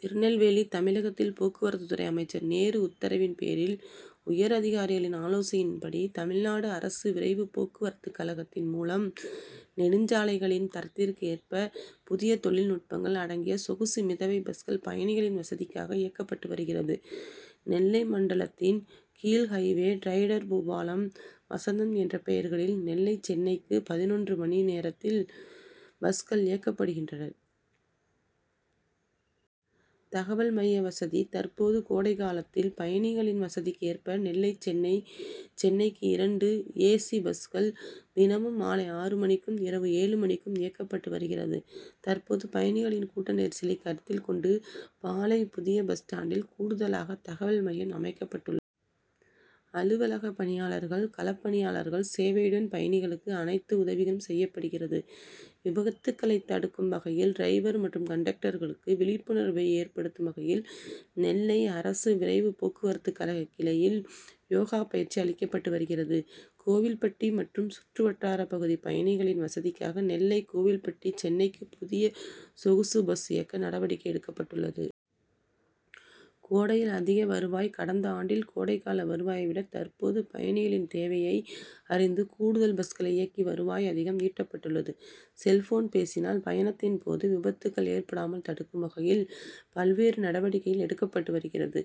திருநெல்வேலி தமிழகத்தில் போக்குவரத்து துறை அமைச்சர் நேரு உத்தரவின் பேரில் உயர் அதிகாரிகளின் ஆலோசனையின்படி தமிழ்நாடு அரசு விரைவு போக்குவரத்து கழகத்தின் மூலம் நெடுஞ்சாலைகளின் தரத்திற்கு ஏற்ப புதிய தொழில் நுட்பங்கள் அடங்கிய சொகுசு மிதவை பஸ்கள் பயணிகளின் வசதிக்காக இயக்கப்பட்டு வருகிறது. நெல்லை மண்டலத்தின் கீழ் highway rider Boopalam, Vasantham' என்ற பெயர்களில் நெல்லை சென்னைக்கு பதினொன்று மணி நேரத்தில் பஸ்கள் இயக்கப்படுகிறது. தகவல் மைய வசதி தற்போது கோடை காலத்தில் பயணிகளின் வசதிக்கு ஏற்ப நெல்லை சென்னைக்கு இரண்டு ஏ. சி பஸ்கள் தினமும் மாலை ஆறு மணிக்கும், இரவு ஏழு மணிக்கும் இயக்கப்பட்டு வருகிறது. தற்போது பயணிகளின் கூட்ட நெரிசலை கருத்தில் கொண்டு பாளை புதிய பஸ்ஸ்டான்டில் கூடுதலாக தகவல் மையம் அமைக்கப்பட்டுள்ளது. அலுவலக பணியாளர்கள், களப் பணியாளர்கள் சேவையுடன் பயணிகளுக்கு அனைத்து உதவிகளும் செய்யப்படுகிறது. விபத்துக்களை தடுக்கும் வகையில் டிரைவர் மற்றும் கண்டக்டர்களுக்கு விழிப்புணர்வை ஏற்படுத்தும் வகையில் நெல்லை அரசு விரைவு போக்குவரத்து கழக கிளையில் யோகா பயிற்சி அளிக்கப்பட்டு வருகிறது. கோவில்பட்டி மற்றும் சுற்று வட்டார பகுதி பயணிகளின் வசதிக்காக நெல்லை கோவில்பட்டி சென்னைக்கு புதிய சொகுசு பஸ் இயக்க நடவடிக்கை எடுக்கப்பட்டுள்ளது. கோடையில் அதிக வருவாய் கடந்த ஆண்டில் கோடை கால வருவாயை விட தற்போது பயணிகளின் தேவையை அறிந்து கூடுதல் பஸ்களை இயக்கி வருவாய் அதிகம் ஈட்டப்பட்டுள்ளது. செல்போன் பேசினால் பயணத்தின் போது விபத்துக்கள் ஏற்படாமல் தடுக்கும் வகையில் பல்வேறு நடவடிக்கைகள் எடுக்கப்பட்டு வருகிறது.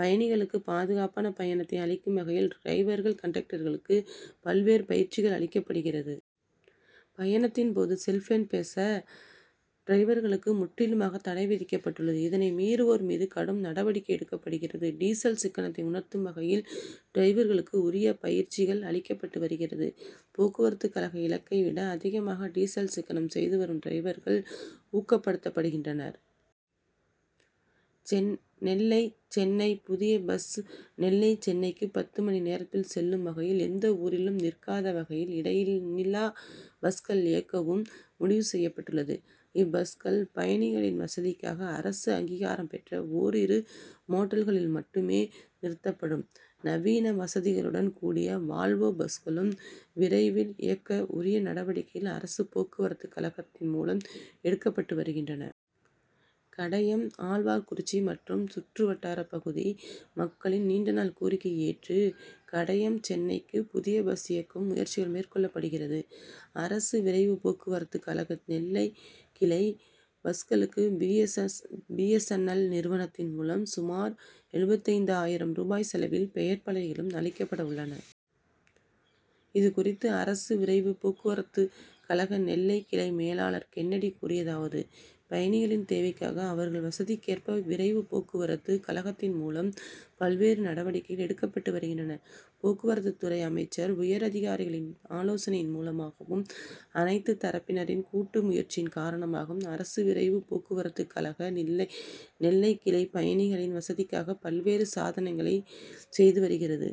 பயணிகளுக்கு பாதுகாப்பான பயணத்தை அளிக்கும் வகையில் டிரைவர்கள், கண்டக்டர்களுக்கு பல்வேறு பயிற்சிகள் அளிக்கப்படுகிறது. பயணத்தின் போது செல்போன் பேச டிரைவர்களுக்கு முற்றிலுமாக தடை விதிக்கப்பட்டுள்ளது. இதனை மீறுவோர் மீது கடும் நடவடிக்கை எடுக்கப்படுகிறது. டீசல் சிக்கனத்தை உணர்த்தும் வகையில் டிரைவர்களுக்கு உரிய பயிற்சிகள் அளிக்கப்பட்டு வருகிறது. போக்குவரத்து கழக இலக்கை விட அதிகமாக டீசல் சிக்கனம் செய்து வரும் டிரைவர்கள் ஊக்கப்படுத்தப்படுகின்றனர். நெல்லை சென்னை புதிய பஸ் நெல்லை சென்னைக்கு பத்து மணி நேரத்தில் செல்லும் வகையில் எந்த ஊரிலும் நிற்காத வகையில் இடைநில்லா பஸ்கள் இயக்கவும் முடிவு செய்யப்பட்டுள்ளது. இப்பஸ்கள் பயணிகளின் வசதிக்காக அரசு அங்கீகாரம் பெற்ற ஓரிரு மோட்டல்களில் மட்டுமே நிறுத்தப்படும். நவீன வசதிகளுடன் கூடிய வால்வோ பஸ்களும் விரைவில் இயக்க உரிய நடவடிக்கைகள் அரசு போக்குவரத்து கழகத்தின் மூலம் எடுக்கப்பட்டு வருகின்றன. கடையம், ஆழ்வார்குறிச்சி மற்றும் சுற்று வட்டார பகுதி மக்களின் நீண்ட நாள் கோரிக்கையை ஏற்று கடையம் சென்னைக்கு புதிய பஸ் இயக்கவும் முயற்சிகள் மேற்கொள்ளப்படுகிறது. அரசு விரைவு போக்குவரத்து கழக நெல்லை கிளை பஸ்களுக்கு பி. எஸ். என். எல் நிறுவனத்தின் மூலம் சுமார் எழுபத்தைந்து ஆயிரம் ரூபாய் செலவில் பெயர் பலகைகளும் அளிக்கப்பட உள்ளன. இதுகுறித்து அரசு விரைவு போக்குவரத்து கழக நெல்லை கிளை மேலாளர் கென்னடி கூறியதாவது பயணிகளின் தேவைக்காக அவர்களின் வசதிக்கேற்ப விரைவு போக்குவரத்து கழகத்தின் மூலம் பல்வேறு நடவடிக்கைகள் எடுக்கப்பட்டு வருகின்றன. போக்குவரத்து துறை அமைச்சர், உயர் அதிகாரிகளின் ஆலோசனையின் மூலமாகவும், அனைத்து தரப்பினரின் கூட்டு முயற்சியின் காரணமாகவும் அரசு விரைவு போக்குவரத்து கழக நெல்லை கிளை பயணிகளின் வசதிக்காக பல்வேறு சாதனைகளை செய்து வருகிறது.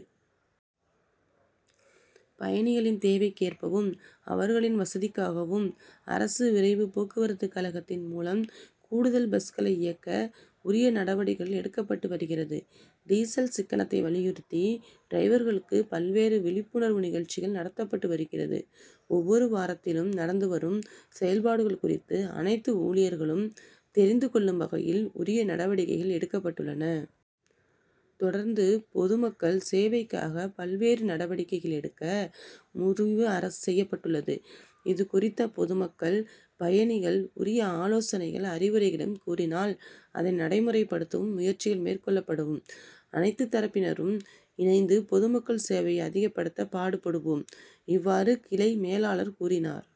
பயணிகளின் தேவைக்கேற்பவும், அவர்களின் வசதிக்காகவும் அரசு விரைவு போக்குவரத்து கழகத்தின் மூலம் கூடுதல் பஸ்களை இயக்க உரிய நடவடிக்கைகள் எடுக்கப்பட்டு வருகிறது. டீசல் சிக்கனத்தை வலியுறுத்தி டிரைவர்களுக்கு பல்வேறு விழிப்புணர்வு நிகழ்ச்சிகள் நடத்தப்பட்டு வருகிறது. ஒவ்வொரு வாரத்திலும் நடந்து வரும் செயல்பாடுகள் குறித்து அனைத்து ஊழியர்களும் தெரிந்து கொள்ளும் வகையில் உரிய நடவடிக்கைகள் எடுக்கப்பட்டுள்ளன. தொடர்ந்து பொதுமக்கள் சேவைக்காக பல்வேறு நடவடிக்கைகள் எடுக்க முடிவு செய்யப்பட்டுள்ளது. இதுகுறித்த பொதுமக்கள், பயணிகள் உரிய ஆலோசனைகள், அறிவுரைகளையும் கூறினால் அதனை நடைமுறைப்படுத்தவும் முயற்சிகள் மேற்கொள்ளப்படும். அனைத்து தரப்பினரும் இணைந்து பொதுமக்கள் சேவையை அதிகப்படுத்த பாடுபடுவோம். இவ்வாறு கிளை மேலாளர் கூறினார்.